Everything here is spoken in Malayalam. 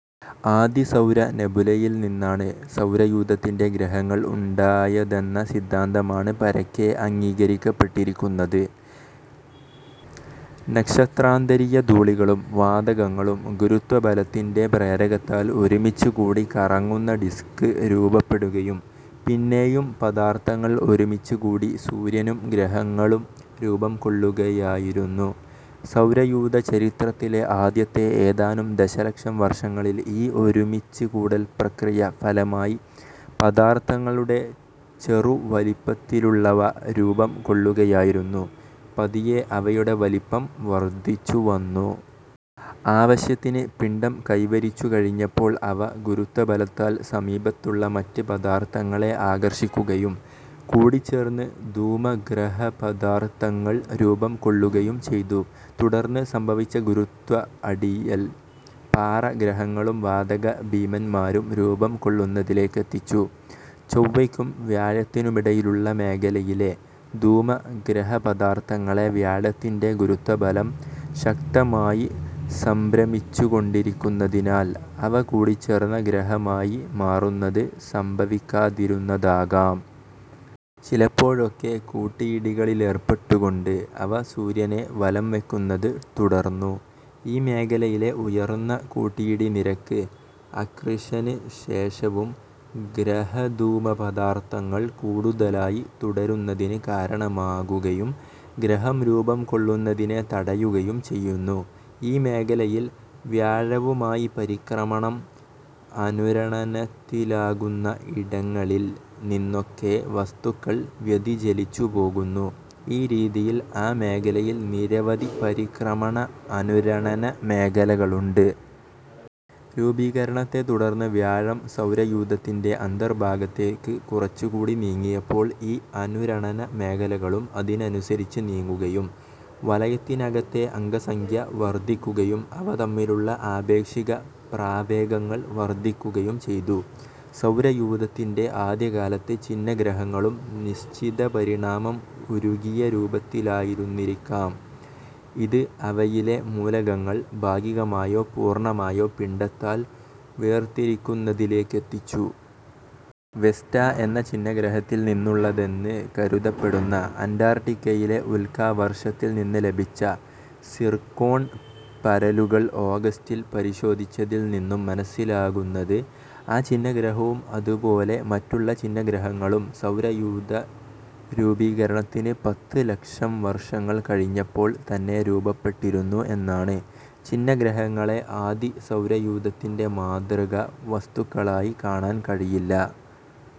ആദി സൗരനെബുലയിൽ നിന്നാണ് സൗരയൂഥത്തിലെ ഗ്രഹങ്ങൾ ഉണ്ടായതെന്ന സിദ്ധാന്തമാണ് പരക്കെ അംഗീകരിക്കപ്പെട്ടിരിക്കുന്നത്: നക്ഷത്രാന്തരീയ ധൂളികളും വാതകങ്ങളും ഗുരുത്വബലത്തിന്റെ പ്രേരകത്താൽ ഒരുമിച്ച് കൂടി കറങ്ങുന്ന ഡിക്സ് രൂപപ്പെടുകയും പിന്നേയും പദാർത്ഥങ്ങൾ ഒരുമിച്ച് കൂടി സൂര്യനും ഗ്രഹങ്ങളും രൂപം കൊള്ളുകയായിരുന്നു. സൗരയൂഥ ചരിത്രത്തിലെ ആദ്യത്തെ ഏതാനും ദശലക്ഷം വർഷങ്ങളിൽ ഈ ഒരുമിച്ച് കൂടൽ പ്രക്രിയ ഫലമായി പദാർത്ഥങ്ങളുടെ ചെറുവലിപ്പത്തുലുള്ളവ രൂപം കൊള്ളുകയായിരുന്നു, പതിയെ അവയുടെ വലിപ്പം വർദ്ധിച്ചു വന്നു. ആവശ്യത്തിന് പിണ്ഡം കൈവരിച്ചു കഴിഞ്ഞപ്പോൾ അവ ഗുരുത്വബലത്താൽ സമീപത്തുള്ള മറ്റ് പദാർത്ഥങ്ങളെ ആകർഷിക്കുകയും കൂടിച്ചേർന്ന് ധൂമഗ്രഹപദാർത്ഥങ്ങൾ രൂപം കൊള്ളുകയും ചെയ്തു. തുടർന്ന് സംഭവിച്ച ഗുരുത്വ അടിയൽ പാറ ഗ്രഹങ്ങളും വാതക ഭീമന്മാരും രൂപം കൊള്ളുന്നതിലേക്കെത്തിച്ചു. ചൊവ്വയ്ക്കും വ്യാഴത്തിനുമിടയിലുള്ള മേഖലയിലെ ധൂമഗ്രഹപദാർത്ഥങ്ങളെ വ്യാഴത്തിന്റെ ഗുരുത്വബലം ശക്തമായി സംഭ്രമിപ്പിച്ചുക്കൊണ്ടിരുന്നതിനാൽ അവ കൂടിച്ചേർന്ന ഗ്രഹമായി മാറുന്നത് സംഭവിക്കാതിരുന്നതാകാം. ചിലപ്പോഴൊക്കെ കൂട്ടിയിടികളിലേർപ്പെട്ടുകോണ്ട് അവ സൂര്യനെ വലംവയ്ക്കുന്നത് തുടർന്നു. ഈ മേഖലയിലെ ഉയർന്ന കൂട്ടിയിടി നിരക്ക് അക്രീഷന് ശേഷവും ഗ്രഹധൂമപദാർത്ഥങ്ങൾ കൂടുതലായി തുടരുന്നതിന് കാരണമാകുകയും ഗ്രഹം രൂപം കൊള്ളുന്നതിനെ തടയുകയും ചെയ്യുന്നു. ഈ മേഖലയിൽ വ്യാഴവുമായി പരിക്രമണം അനുരണനത്തിലാകുന്ന ഇടങ്ങളിൽ നിന്നൊക്കെ വസ്തുക്കൾ വ്യതിചലിച്ചു പോകുന്നു, ഈ രീതിയിൽ ആ മേഖലയിൽ നിരവധി പരിക്രമണ അനുരണന മേഖലകളുണ്ട്. രൂപീകരണത്തെ തുടർന്ന് വ്യാഴം സൗരയൂഥത്തിന്റെ അന്തർഭാഗത്തേക്ക് കുറച്ച് കൂടി നീങ്ങിയപ്പോൾ ഈ അനുരണന മേഖലകളും അതിനനുസരിച്ച് നീങ്ങുകയും വലയത്തിനകത്തെ അംഗസംഖ്യ വർദ്ധിക്കുകയും അവ തമ്മിലുള്ള ആപേക്ഷിക പ്രാവേഗങ്ങൾ വർദ്ധിക്കുകയും ചെയ്തു. സൗരയൂഥത്തിന്റെ ആദ്യകാലത്ത് ഛിന്നഗ്രഹങ്ങളും നിശ്ചിതപരിമാണം ഉരുകിയ രൂപത്തിലായിരുന്നിരിക്കാം, ഇത് അവയിലെ മൂലകങ്ങൾ ഭാഗികമായോ പൂർണ്ണമായോ പിണ്ഡത്താൽ വേർതിരിക്കുന്നതിലേക്കെത്തിച്ചു. വെസ്റ്റ എന്ന ഛിന്നഗ്രഹത്തിൽ നിന്നുള്ളതെന്ന കരുതപ്പെടുന്ന, അന്റാർട്ടിക്കയിലെ ഉൽക്കാവർഷത്തിൽ നിന്ന് ലഭിച്ച സിർക്കോൺ പരലുകൾ ഓഗസ്റ്റിൽ പരിശോധിച്ചതിൽ നിന്നും മനസ്സിലാകുന്നത് ആ ഛിന്നഗ്രഹവും അതുപോലെ മറ്റുള്ള ഛിന്നഗ്രഹങ്ങളും സൗരയൂഥരൂപീകരണത്തിന് പത്ത് ലക്ഷം വർഷങ്ങൾ കഴിഞ്ഞപ്പോൾ തന്നെ രൂപപ്പെട്ടിരുന്നു എന്നാണ്. ഛിന്നഗ്രഹങ്ങളെ ആദി സൗരയൂഥത്തിന്റെ മാതൃക വസ്തുക്കളായി കാണാൻ കഴിയില്ല.